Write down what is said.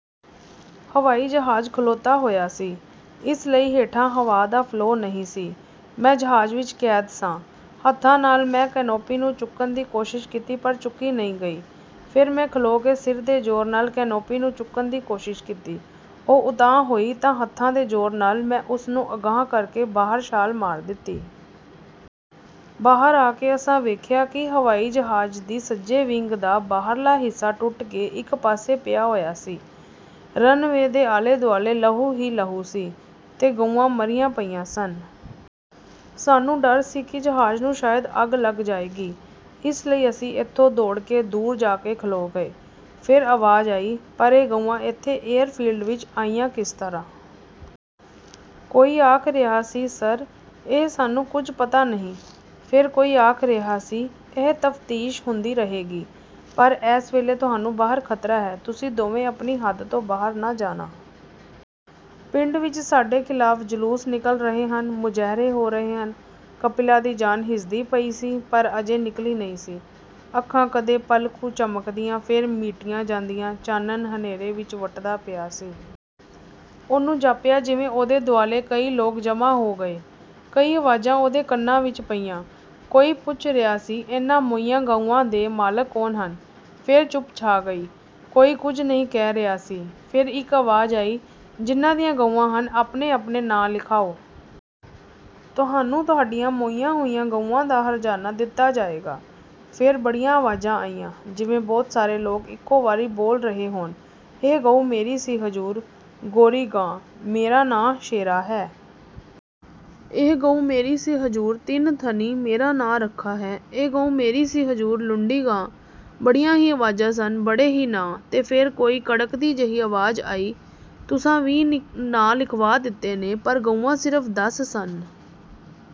ਹਵਾਈ ਜਹਾਜ਼ ਖਲੋਤਾ ਹੋਇਆ ਸੀ, ਇਸ ਲਈ ਹੇਠਾਂ ਹਵਾ ਦਾ ਫਲੋਅ ਨਹੀਂ ਸੀ। ਮੈਂ ਜਹਾਜ਼ ਵਿਚ ਕੈਦ ਸਾਂ। ਹੱਥਾਂ ਨਾਲ ਮੈਂ ਕੈਨੋਪੀ ਨੂੰ ਚੁੱਕਣ ਦੀ ਕੋਸ਼ਿਸ਼ ਕੀਤੀ ਪਰ ਚੁੱਕੀ ਨਹੀਂ ਗਈ। ਫੇਰ ਮੈਂ ਖਲੋ ਕੇ ਸਿਰ ਦੇ ਜ਼ੋਰ ਨਾਲ ਕੈਨੋਪੀ ਨੂੰ ਚੁੱਕਣ ਦੀ ਕੋਸ਼ਿਸ਼ ਕੀਤੀ, ਉਹ ਉਤਾਂਹ ਹੋਈ ਤਾਂ ਹੱਥਾਂ ਦੇ ਜ਼ੋਰ ਨਾਲ, ਮੈਂ ਉਸ ਨੂੰ ਅਗਾਂਹ ਕਰਕੇ ਬਾਹਰ ਛਾਲ ਮਾਰ ਦਿੱਤੀ। ਬਾਹਰ ਆ ਕੇ ਅਸਾਂ ਵੇਖਿਆ ਕਿ ਹਵਾਈ ਜਹਾਜ਼ ਦੀ ਸੱਜੇ ਵਿੰਗ ਦਾ, ਬਾਹਰਲਾ ਹਿੱਸਾ ਟੁੱਟ ਕੇ, ਇਕ ਪਾਸੇ ਪਿਆ ਹੋਇਆ ਸੀ। ਰਨ ਵੇ ਦੇ ਆਲੇ-ਦੁਆਲੇ, ਲਹੂ ਹੀ ਲਹੂ ਸੀ, ਤੇ ਗਊਆਂ ਮਰੀਆਂ ਪਈਆਂ ਸਨ। ਸਾਨੂੰ ਡਰ ਸੀ ਕਿ ਜਹਾਜ਼ ਨੂੰ ਸ਼ਾਇਦ ਅੱਗ ਲੱਗ ਜਾਏਗੀ, ਇਸ ਲਈ ਅਸੀਂ ਇਥੋਂ ਦੌੜ ਕੇ ਦੂਰ ਜਾ ਕੇ ਖਲੋ ਗਏ।" ਫੇਰ ਆਵਾਜ਼ ਆਈ "ਪਰ ਇਹ ਗਊਆਂ ਏਥੇ ਏਅਰ ਫੀਲਡ ਵਿਚ ਆਈਆਂ ਕਿਸ ਤਰ੍ਹਾਂ?" ਕੋਈ ਆਖ ਰਿਹਾ ਸੀ "ਸਰ! ਇਹ ਸਾਨੂੰ ਕੁਝ ਪਤਾ ਨਹੀਂ।" ਫੇਰ ਕੋਈ ਆਖ ਰਿਹਾ ਸੀ "ਇਹ ਤਫਤੀਸ਼ ਹੁੰਦੀ ਰਹੇਗੀ ਪਰ ਐਸ ਵੇਲੇ ਤੁਹਾਨੂੰ ਬਾਹਰ ਖ਼ਤਰਾ ਹੈ। ਤੁਸੀਂ ਦੋਵੇਂ ਆਪਣੀ ਹੱਦ ਤੋਂ ਬਾਹਰ ਨਾ ਜਾਣਾ। ਪਿੰਡ ਵਿਚ ਸਾਡੇ ਖ਼ਿਲਾਫ ਜਲੂਸ ਨਿਕਲ ਰਹੇ ਹਨ, ਮੁਜੈ਼ਰੇ ਹੋ ਰਹੇ ਹਨ।" ਕਪਿਲਾ ਦੀ ਜਾਨ ਹਿਸਦੀ ਪਈ ਸੀ ਪਰ ਅਜੇ ਨਿਕਲੀ ਨਹੀਂ ਸੀ। ਅੱਖਾਂ ਕਦੇ ਪਲ ਕੁ ਝਮਕਦੀਆਂ, ਫੇਰ ਮੀਟੀਆਂ ਜਾਂਦੀਆਂ। ਚਾਨਣ ਹਨੇਰੇ ਵਿਚ ਵਟਦਾ ਪਿਆ ਸੀ। ਉਹਨੂੰ ਜਾਪਿਆ ਜਿਵੇਂ ਉਹਦੇ ਦੁਆਲੇ ਕਈ ਲੋਕ ਜਮ੍ਹਾਂ ਹੋ ਗਏ। ਕਈ ਆਵਾਜ਼ਾਂ ਉਹਦੇ ਕੰਨਾਂ ਵਿਚ ਪਈਆਂ… ਕੋਈ ਪੁੱਛ ਰਿਹਾ ਸੀ "ਇਹਨਾਂ ਮੋਈਆਂ ਗਊਆਂ ਦੇ ਮਾਲਕ ਕੌਣ ਹਨ?" ਫੇਰ ਚੁੱਪ ਛਾ ਗਈ। ਕੋਈ ਕੁਝ ਨਹੀਂ ਕਹਿ ਰਿਹਾ ਸੀ… ਫੇਰ ਇਕ ਆਵਾਜ਼ ਆਈ "ਜਿਨ੍ਹਾਂ ਦੀਆਂ ਗਊਆਂ ਹਨ, ਆਪਨੇ ਆਪਨੇ ਨਾਂ ਲਿਖਾਉ! ਤੂਹਾਨੂੰ ਤੁਹਾਡੀਆਂ ਮੋਈਆਂ ਹੋਈਆਂ ਗਊਆਂ ਦਾ ਹਰਜ਼ਾਨਾ ਦਿੱਤਾ ਜਾਏਗਾ।" ਫੇਰ ਬੜੀਆਂ ਆਵਾਜ਼ਾਂ ਆਈਆਂ। ਜਿਵੇਂ ਬਹੁਤ ਸਾਰੇ ਲੋਕ ਇਕੋ ਵਾਰੀ ਬੋਲ ਰਹੇ ਹੋਣ। "ਇਹ ਗਊ ਮੇਰੀ ਸੀ ਹਜ਼ੂਰ! ਗੋਰੀ ਗਾਂ, ਮੇਰਾ ਨਾਂ ਸ਼ੇਰਾ ਹੈ।" "ਇਹ ਗਊ ਮੇਰੀ ਸੀ ਹਜ਼ੂਰ! ਤਿੰਨ ਥਣੀ ਮੇਰਾ ਨਾਂ ਰੱਖਾ ਹੈ।" "ਇਹ ਗਊ ਮੇਰੀ ਸੀ ਹਜ਼ੂਰ! ਲੁੰਡੀ ਗਾਂ।" ਬੜੀਆਂ ਹੀ ਆਵਾਜ਼ਾਂ ਸਨ, ਬੜੇ ਹੀ ਨਾਂ, ਤੇ ਫੇਰ ਕੋਈ ਕੜਕਦੀ ਜਿਹੀ ਆਵਾਜ਼ ਆਈ "ਤੁਸਾਂ ਵੀਹ ਨਾਂ ਲਿਖਵਾ ਦਿੱਤੇ ਨੇ, ਪਰ ਗਊਆਂ ਸਿਰਫ ਦਸ ਸਨ।